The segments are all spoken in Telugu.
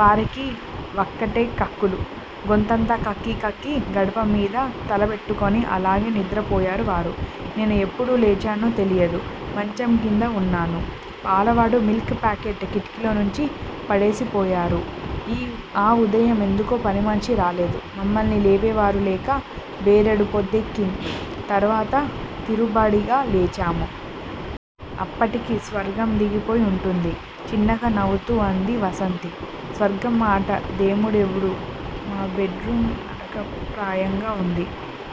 వారికి వకటే కక్కులు. గదంతా కక్కి కక్కి గడపమీద తలపెట్టుకుని అలాగే నిద్రపోయారు వారు. నేను ఎప్పుడు లేచానో తెలియదు. మంచంకింద వున్నాను. పాలవాడు మిల్క్ ప్యాకెట్ కిటికీలోంచి పడేసిపోయారు. ఆ ఉదయం ఎందుకో పనిమనిషి రాలేదు. మమ్మల్ని లేపేవారు లేక బారెడు పొద్దెక్కిం తరువాత తీరుబడిగా లేచాము. అప్పటికి స్వర్గం దిగిపోయి వుంటుంది చిన్నగా నవ్వుతూ అంది వాసంతి. స్వర్గంమాట దేముడెరుగు. మా బెడ్ రూమ్ నరకప్రాయంగా వుంది.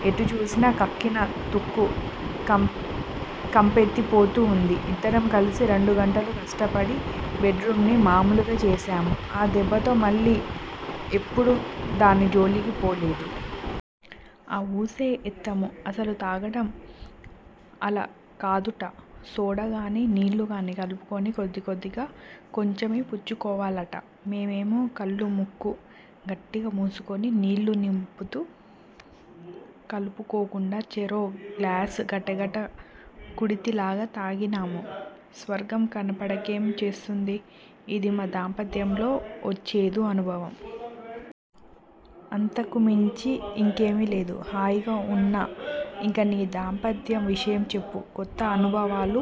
ఎటు చూసినా కక్కిన తుక్కు కంపెత్తిపోతూ వుంది. ఇద్దరం కలిసి రెండుగంటలు కష్టపడి బెడ్ రూంని మామూలుగా చేశాము. ఆ దెబ్బతో మళ్ళీ ఎప్పుడూ దాని జోలికి పోలేదు. ఆ ఊసే ఎత్తము. అసలు తాగటం అలా కాదుట సోడాగాని నీళ్ళుగాని కలుపుకుని కొద్దికొద్దిగా కొంచెమే పుచ్చుకోవాలిట. మేమేమో కళ్ళూ ముక్కూ గట్టిగా మూసుకుని నీళ్ళూ నిప్పులూ కలుపుకోకుండా చెరో గ్లాసు గటగట కుడితి లాగా తాగితిమి. స్వర్గం కనపడకేం చేస్తుంది. ఇది మా దాంపత్యంలో ఓ చేదు అనుభవం. అంతకుమించి యింకేమీ లేదు. హాయిగా వున్నా యిక నీ దాంపత్యం విషయం చెప్పు. కొత్త అనుభవాలు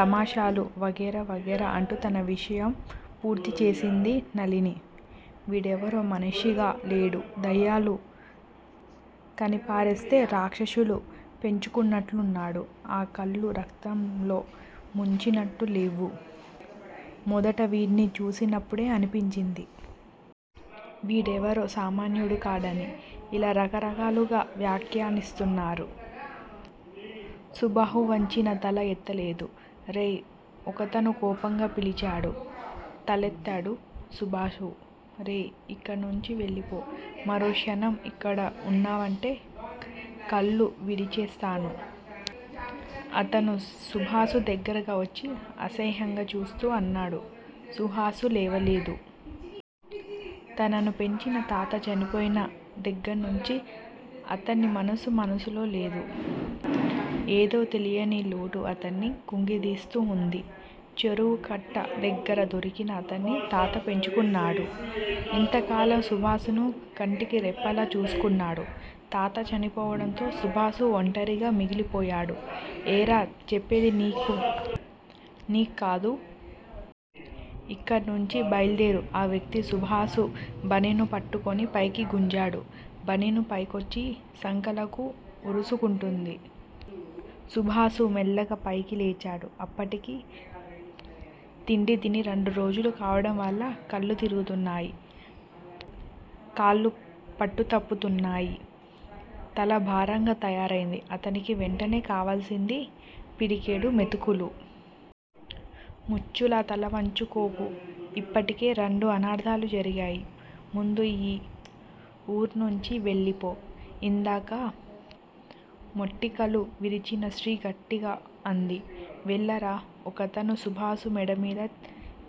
తమాషాలు వగైరా వగైరా అంటూ తన విషయం పూర్తి చేసింది నళిని. వీడెవడో మనిషిగా లేడు. దెయ్యాలు కనిపారేస్తే రాక్షసులు పెంచుకుంటున్నట్టున్నాడు. ఆ కళ్ళు రక్తంలో ముంచినట్టు లేవూ మొదట వీడ్ని చూసినప్పుడే అనిపించింది. వీడెవడో సామాన్యుడు కాడని ఇలా రకరకాలుగా వ్యాఖ్యానిస్తున్నారు. సుబాహు వంచిన తల ఎత్తలేదు. రేయ్ ఒకతను కోపంగా పిలిచాడు. తలెత్తాడు సుబాహు. రేయ్. ఇక్కడ్నుంచి వెళ్ళిపో. మరో క్షణం ఇక్కడున్నావంటే కాళ్ళు విరిచేస్తాను అతను సుబాహు దగ్గరగా వచ్చి అసహ్యంగా చూస్తూ అన్నాడు. సుబాహు లేవలేదు. తనను పెంచిన తాత చనిపోయిన దగ్గర్నుంచి అతని మనసు మనసులో లేదు. ఏదో తెలియని లోటు అతన్ని కుంగదీస్తూ వుంది. చెరువు కట్ట దగ్గర దొరికిన అతన్ని తాత పెంచుకున్నాడు. ఇంతకాలం సుబాహును కంటికి రెప్పలా చూసుకున్నాడు. తాత చనిపోవడంతో సుబాహు ఒంటరిగా మిగిలిపోయాడు. ఏరా చెప్పేది నీకే నీక్కాదూ. ఇక్కడ్నుంచి బయల్దేరు ఆ వ్యక్తి సుబాహు బనీను పట్టుకుని పైకి గుంజాడు. బనీను పైకొచ్చి చంకలను ఒరుసుకుంటోంది. సుబాహు మెల్లగా పైకి లేచాడు. అప్పటికి తిండితిని రెండురోజులు కావడం వల్ల కళ్ళు తిరుగుతున్నాయి. కాళ్ళు పట్టుతప్పుతున్నాయి. తల భారంగా తయారైంది. అతనికి వెంటనే కావాల్సింది పిడికెడు మెతుకులు. ముచ్చులా తల వంచుకోకు. ఇప్పటికే రెండు అనర్థాలు జరిగాయి. ముందు ఈ వూర్నుంచి వెళ్ళిపో ఇందాక మెటికలు విరిచిన స్త్రీ గట్టిగా అంది. వెళ్ళరా ఒకతను సుబాహు మెడమీద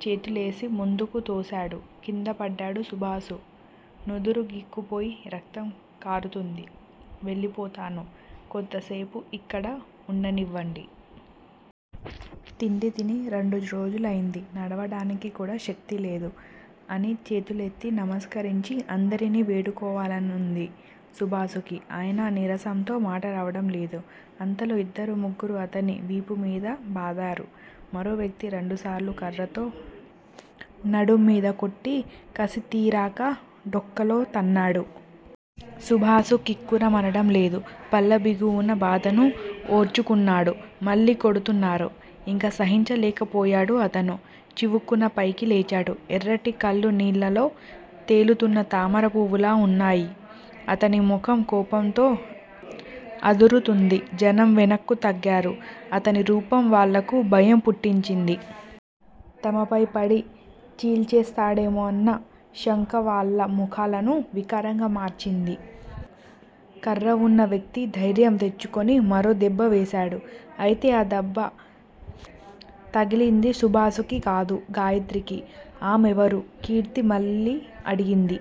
చేతులేసి ముందుకు తోశాడు. కిందపడ్డాడు సుబాహు. నుదురు గీక్కుపోయి రక్తం కారుతోంది. వెళ్ళిపోతాను. కొంతసేపు ఇక్కడ వుండనివ్వండి. తిండి తిని రెండు రోజులైంది. నడవడానికి కూడా శక్తి లేదు. అని చేతులెత్తి నమస్కరించి అందరినీ వేడుకోవాలనుంది సుబాహుకి. అయినా నీరసంతో మాట రావడం లేదు. అంతలో ఇద్దరు ముగ్గురు అతని వీపుమీద బాదారు. మరో వ్యక్తి రెండుసార్లు కర్రతో నడుంమీద కొట్టి, కసి తీరక డొక్కలో తన్నాడు. సుబాహు కిక్కురు మనడం లేదు. పళ్ళబిగువున బాధను ఓర్చుకుంటున్నాడు. మళ్ళీ కొడుతున్నారు. ఇక సహించలేకపోయాడు అతను. చివుక్కున పైకి లేచాడు. ఎర్రటి కళ్ళు నీళ్ళల్లో తేలుతున్న తామర పువ్వుల్లా వున్నాయి. అతని ముఖం కోపంతో అదురుతోంది. జనం వెనక్కు తగ్గారు. అతని రూపం వాళ్ళకు భయం పుట్టించింది. తమపై పడి చీల్చేస్తాడేమోనన్న శంక వాళ్ళ ముఖాలను వికారంగా మార్చింది. కర్రవున్న వ్యక్తి ధైర్యం తెచ్చుకుని మరో దెబ్బ వేశాడు. అయితే ఆ దెబ్బ తగిలింది సుబాహుకు కాదు, గాయత్రికి. ఆమెవరు? కీర్తి మళ్లీ అడిగింది.